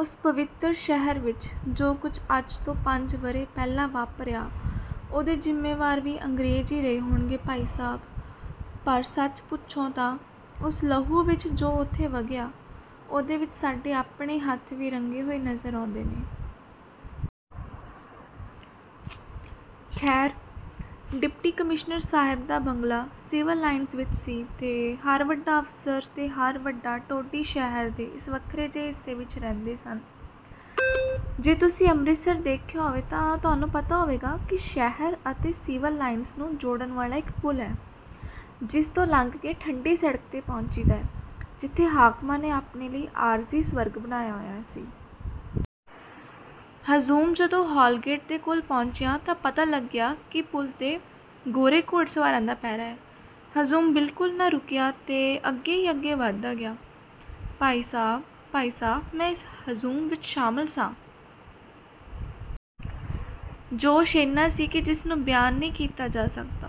ਉਸ ਪਵਿੱਤਰ ਸ਼ਹਿਰ ਵਿੱਚ ਜੋ ਕੁਝ ਅੱਜ ਤੋਂ ਪੰਜ ਵਰ੍ਹੇ ਪਹਿਲਾਂ ਵਾਪਰਿਆ, ਉਹਦੇ ਜ਼ਿੰਮੇਵਾਰ ਵੀ ਅੰਗਰੇਜ਼ ਹੀ ਰਹੇ ਹੋਣਗੇ ਭਾਈ ਸਾਹਿਬ। ਪਰ ਸੱਚ ਪੁੱਛੋ ਤਾਂ ਉਸ ਲਹੂ ਵਿੱਚ ਜੋ ਉੱਥੇ ਵਗਿਆ, ਉਹਦੇ ਵਿੱਚ ਸਾਡੇ ਆਪਣੇ ਹੱਥ ਵੀ ਰੰਗੇ ਹੋਏ ਨਜ਼ਰ ਆਉਂਦੇ ਨੇ। ਖੈਰ, ਡਿਪਟੀ ਕਮਿਸ਼ਨਰ ਸਾਹਿਬ ਦਾ ਬੰਗਲਾ ਸਿਵਲ ਲਾਈਨਜ਼ ਵਿੱਚ ਸੀ ਤੇ ਹਰ ਵੱਡਾ ਅਫ਼ਸਰ ਤੇ ਹਰ ਵੱਡਾ ਟੋਡੀ ਸ਼ਹਿਰ ਦੇ ਇਸ ਵੱਖਰੇ ਜਿਹੇ ਹਿੱਸੇ ਵਿੱਚ ਰਹਿੰਦੇ ਸਨ। ਜੇ ਤੁਸੀਂ ਅੰਮ੍ਰਿਤਸਰ ਦੇਖਿਆ ਹੋਵੇ ਤਾਂ ਤੁਹਾਨੂੰ ਪਤਾ ਹੋਵੇਗਾ ਕਿ ਸ਼ਹਿਰ ਅਤੇ ਸਿਵਲ ਲਾਈਨਜ਼ ਨੂੰ ਜੋੜਨ ਵਾਲਾ ਇੱਕ ਪੁਲ ਹੈ, ਜਿਸ 'ਤੋਂ ਲੰਘ ਕੇ ਠੰਢੀ ਸੜਕ 'ਤੇ ਪਹੁੰਚੀਦਾ ਹੈ, ਜਿੱਥੇ ਹਾਕਮਾਂ ਨੇ ਆਪਣੇ ਲਈ ਆਰਜ਼ੀ ਸਵਰਗ ਬਣਾਇਆ ਹੋਇਆ ਸੀ। ਹਜੂਮ ਜਦੋਂ ਹਾਲ ਗੇਟ ਦੇ ਕੋਲ ਪਹੁੰਚਿਆ ਤਾਂ ਪਤਾ ਲੱਗਿਆ ਕਿ ਪੁਲ 'ਤੇ ਗੋਰੇ ਘੋੜਸਵਾਰਾਂ ਦਾ ਪਹਿਰਾ ਹੈ। ਹਜੂਮ ਬਿਲਕੁਲ ਨਾ ਰੁਕਿਆ ਤੇ ਅੱਗੇ ਹੀ ਅੱਗੇ ਵਧਦਾ ਗਿਆ। ਭਾਈ ਸਾਹਿਬ, ਭਾਈ ਸਾਹਿਬ ਮੈਂ ਇਸ ਹਜੂਮ ਵਿੱਚ ਸ਼ਾਮਲ ਸਾਂ। ਜੋਸ਼ ਏਨਾ ਸੀ ਕਿ ਜਿਸਨੂੰ ਬਿਆਨ ਨਹੀਂ ਕੀਤਾ ਜਾ ਸਕਦਾ,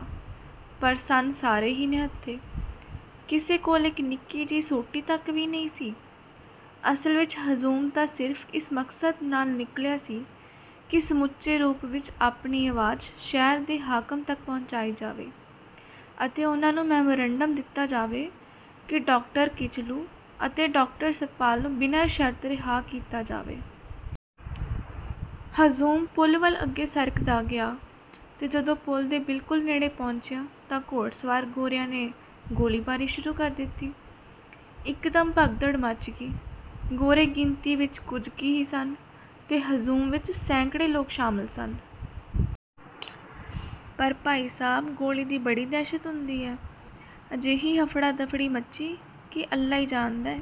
ਪਰ ਸਨ ਸਾਰੇ ਹੀ ਨਿਹੱਥੇ। ਕਿਸੇ ਕੋਲ ਇੱਕ ਨਿੱਕੀ ਜਿਹੀ ਸੋਟੀ ਤੱਕ ਵੀ ਨਹੀਂ ਸੀ। ਅਸਲ ਵਿੱਚ ਹਜੂਮ ਤਾਂ ਸਿਰਫ਼ ਇਸ ਮਕਸਦ ਨਾਲ ਨਿਕਲਿਆ ਸੀ ਕਿ ਸਮੁੱਚੇ ਰੂਪ ਵਿੱਚ ਆਪਣੀ ਆਵਾਜ਼ ਸ਼ਹਿਰ ਦੇ ਹਾਕਮ ਤੱਕ ਪਹੁੰਚਾਈ ਜਾਵੇ ਅਤੇ ਉਨ੍ਹਾਂ ਨੂੰ ਮੈਮੋਰੰਡਮ ਦਿੱਤਾ ਜਾਵੇ ਕਿ ਡਾਕਟਰ ਕਿਚਲੂ ਅਤੇ ਡਾਕਟਰ ਸੱਤਪਾਲ ਨੂੰ ਬਿਨਾਂ ਸ਼ਰਤ ਰਿਹਾ ਕੀਤਾ ਜਾਵੇ। ਹਜੂਮ ਪੁਲ ਵੱਲ ਅੱਗੇ ਸਰਕਦਾ ਗਿਆ ਤੇ ਜਦੋਂ ਪੁਲ ਦੇ ਬਿਲਕੁਲ ਨੇੜੇ ਪਹੁੰਚਿਆ ਤਾਂ ਘੋੜਸਵਾਰ ਗੋਰਿਆਂ ਨੇ ਗੋਲੀਬਾਰੀ ਸ਼ੁਰੂ ਕਰ ਦਿੱਤੀ। ਇੱਕਦਮ ਭਗਦੜ ਮੱਚ ਗਈ। ਗੋਰੇ ਗਿਣਤੀ ਵਿੱਚ ਕੁਝ ਕੁ ਹੀ ਸਨ ਤੇ ਹਜੂਮ ਵਿੱਚ ਸੈਂਕੜੇ ਲੋਕ ਸ਼ਾਮਲ ਸਨ। ਪਰ ਭਾਈ ਸਾਹਿਬ ਗੋਲੀ ਦੀ ਬੜੀ ਦਹਿਸ਼ਤ ਹੁੰਦੀ ਹੈ। ਅਜਿਹੀ ਹਫੜਾ-ਦਫੜੀ ਮੱਚੀ ਕਿ ਅੱਲ੍ਹਾ ਹੀ ਜਾਣਦਾ ਹੈ।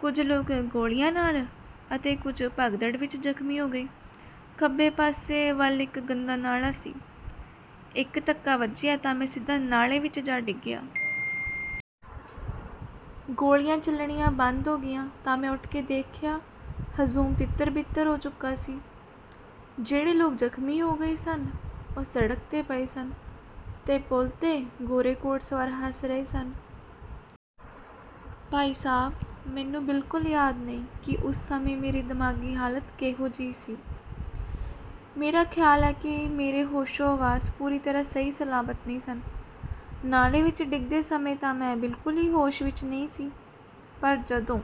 ਕੁਝ ਲੋਕ ਗੋਲੀਆਂ ਨਾਲ ਅਤੇ ਕੁਝ ਭਗਦੜ ਵਿੱਚ ਜ਼ਖ਼ਮੀ ਹੋ ਗਏ। ਖੱਬੇ ਪਾਸੇ ਵੱਲ ਇੱਕ ਗੰਦਾ ਨਾਲਾ ਸੀ; ਇੱਕ ਧੱਕਾ ਵੱਜਿਆ ਤਾਂ ਮੈਂ ਸਿੱਧਾ ਨਾਲੇ ਵਿੱਚ ਜਾ ਡਿੱਗਿਆ। ਗੋਲੀਆਂ ਚਲਣੀਆਂ ਬੰਦ ਹੋ ਗਈਆਂ ਤਾਂ ਮੈਂ ਉੱਠ ਕੇ ਦੇਖਿਆ ਹਜੂਮ ਤਿੱਤਰ-ਬਿੱਤਰ ਹੋ ਚੁੱਕਾ ਸੀ। ਜਿਹੜੇ ਲੋਕ ਜ਼ਖ਼ਮੀ ਹੋ ਗਏ ਸਨ, ਉਹ ਸੜਕ 'ਤੇ ਪਏ ਸਨ ਤੇ ਪੁਲ 'ਤੇ ਗੋਰੇ ਘੋੜਸਵਾਰ ਹੱਸ ਰਹੇ ਸਨ। ਭਾਈ ਸਾਹਿਬ ਮੈਨੂੰ ਬਿਲਕੁਲ ਯਾਦ ਨਹੀਂ ਕਿ ਉਸ ਸਮੇਂ ਮੇਰੀ ਦਿਮਾਗ਼ੀ ਹਾਲਤ ਕੇਹੋ ਜਿਹੀ ਸੀ। ਮੇਰਾ ਖਿਆਲ ਹੈ ਕਿ ਮੇਰੇ ਹੋਸ਼ੋ-ਹਵਾਸ ਪੂਰੀ ਤਰ੍ਹਾਂ ਸਹੀ ਸਲਾਮਤ ਨਹੀਂ ਸਨ। ਨਾਲੇ ਵਿੱਚ ਡਿੱਗਦੇ ਸਮੇਂ ਤਾਂ ਮੈਂ ਬਿਲਕੁਲ ਹੀ ਹੋਸ਼ ਵਿੱਚ ਨਹੀਂ ਸੀ। ਪਰ ਜਦੋਂ